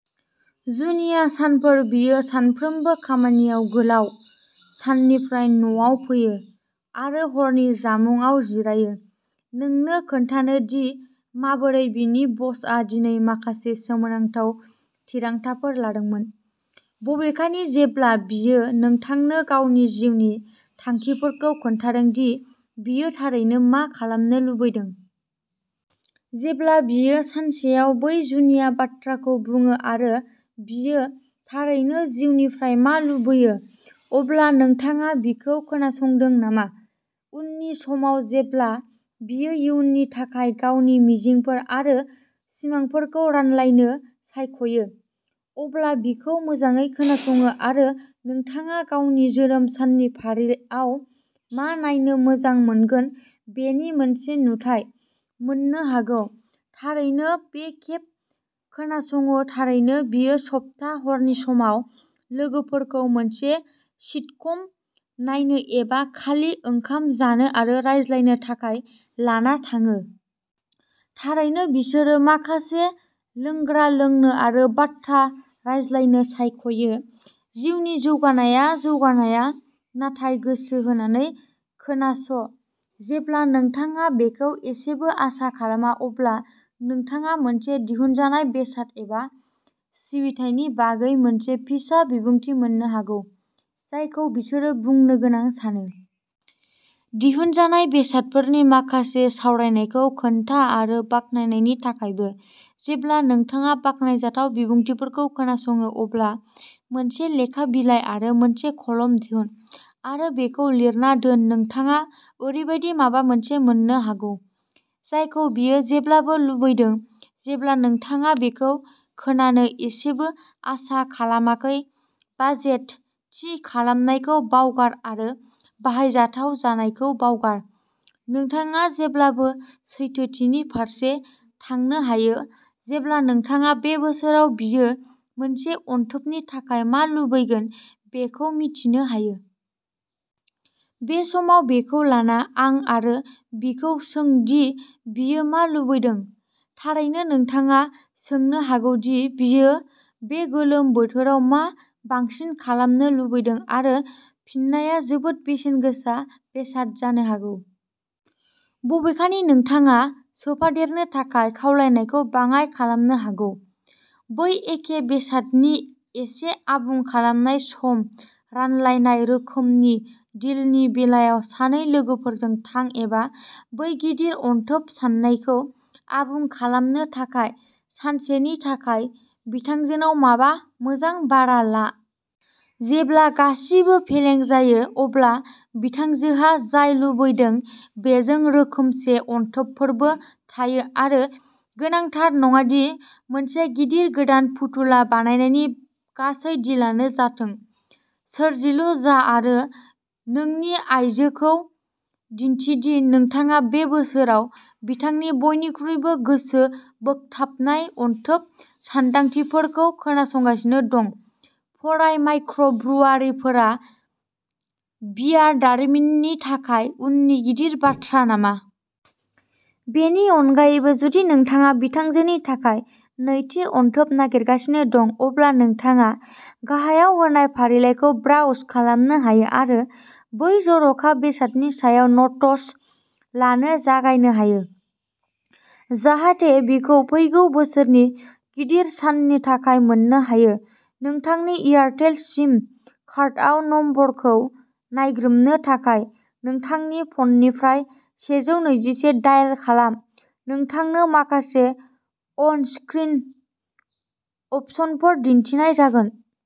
जुनिया सानफोर बियो सानफ्रोमबो खामानियाव गोलाव साननिफ्राय न'आव फैयो आरो हरनि जामुंआव जिरायो नोंनो खोन्थानो दि माबोरै बिनि बसआ दिनै माखासे सोमोनांथाव थिरांथाफोर लादोंमोन। बबेखानि, जेब्ला बियो नोंथांनो गावनि जिउनि थांखिफोरखौ खोन्थादों दि बियो थारैनो मा खालामनो लुबैदों? जेब्ला बियो सानसेआव बै जुनिया बाथ्राखौ बुङो आरो बियो थारैनो जिउनिफ्राय मा लुबैयो, अब्ला नोंथाङा बिखौ खोनासंदों नामा? उननि समाव जेब्ला बियो इयुननि थाखाय गावनि मिजिंफोर आरो सिमांफोरखौ रानलायनो सायख'यो, अब्ला बिखौ मोजाङै खोनासङो आरो नोंथाङा गावनि जोनोम साननि फारियाव मा नायनो मोजां मोनगोन बेनि मोनसे नुथाइ मोननो हागौ थारैनो बे खेब खोनासङो थारैनो, बियो सप्ता हरनि समाव लोगोफोरखौ मोनसे सिटकम नायनो एबा खालि ओंखाम जानो आरो रायज्लायनो थाखाय लाना थाङो। थारैनो, बिसोरो माखासे लोंग्रा लोंनो आरो बाथ्रा रायज्लायनो सायख'यो। जिउनि जौगानाया-जौगानाया। नाथाय गोसो होनानै खोनास, जेब्ला नोंथाङा बेखौ एसेबो आसा खालामा, अब्ला नोंथाङा मोनसे दिहुनजानाय बेसाद एबा सिबिथायनि बागै मोनसे फिसा बिबुंथि मोननो हागौ, जायखौ बिसोरो बुंनो गोनां सानो। दिहुनजानाय बेसादफोरनि माखासे सावरायनायखौ खोनथा आरो बाख्नायनायनि थाखायबो। जेब्ला नोंथाङा बाख्नायजाथाव बिबुंथिफोरखौ खोनासङो, अब्ला मोनसे लेखा बिलाइ आरो मोनसे कलम दिहुन आरो बेखौ लिरना दोन नोंथाङा ओरैबायदि माबा मोनसे मोननो हागौ जायखौ बियो जेब्लाबो लुबैदों, जेब्ला नोंथाङा बेखौ खोनानो एसेबो आसा खालामाखै बाजेट थि खालामनायखौ बावगार आरो बाहायजाथाव जानायखौ बावगार नोंथाङा जेब्लाबो सैथोथिनि फारसे थांनो हायो जेब्ला नोंथाङा बे बोसोराव बियो मोनसे अनथोबनि थाखाय मा लुबैगोन बेखौ मिथिनो हायो। बे समाव, बेखौ लाना थां आरो बिखौ सों दि बियो मा लुबैदों थारैनो, नोंथाङा सोंनो हागौ दि बियो बे गोलोम बोथोराव मा बांसिन खालामनो लुबैदों आरो फिननाया जोबोद बेसेन गोसा बेसाद जानो हागौ। बबेखानि, नोंथाङा सोफादेरनो थाखाय खावलायनायखौ बाङाय खालामनो हागौ। बै एखे बेसादनि एसे आबुं खालामनाय, सम रानलायनाय रोखोमनि डिलनि बेलायाव सानै लोगोफोरजों थां एबा बै गिदिर अनथोब साननायखौ आबुं खालामनो थाखाय सानसेनि थाखाय बिथांजोनाव माबा मोजां भारा ला। जेब्ला गासिबो फेलें जायो, अब्ला बिथांजोहा जाय लुबैदों बेजों रोखोमसे अनथोबफोरबो थायो आरो गोनांथार नङा दि मोनसे गिदिर गोदान फुथुला बायनायनि गासै डिलानो जाथों सोरजिलु जा आरो नोंनि आइजोखौ दिन्थि दि नोंथाङा बे बोसोराव बिथांनि बयनिख्रुइबो गोसोबोगथाबनाय अनथोब सानदांथिफोरखौ खोनागासिनो दं फराय माइक्रब्रुवारिफोरा बियार दारिमिननि थाखाय उननि गिदिर बाथ्रा नामा? बेनि अनगायैबो, जुदि नोंथाङा बिथांजोनि थाखाय जौ थि अनथोब नागिरगासिनो दं, अब्ला नोंथाङा गाहायाव होनाय फारिलाइखौ ब्राउज खालामनो हायो आरो बै जर'खा बेसादनि सायाव न'ट्स लानो जागायनो हायो जाहाथे बिखौ फैगौ बोसोरनि गिदिर साननि थाखाय मोननो हायो नोंथांनि एयारटेल सिम कार्डआव नम्बरखौ नायग्रोमनो थाखाय, नोंथांनि फ'ननिफ्राय सेजौनैजिसे दायेल खालाम, नोंथांनो माखासे अन स्क्रिन अपशनफोर दिन्थिनाय जागोन।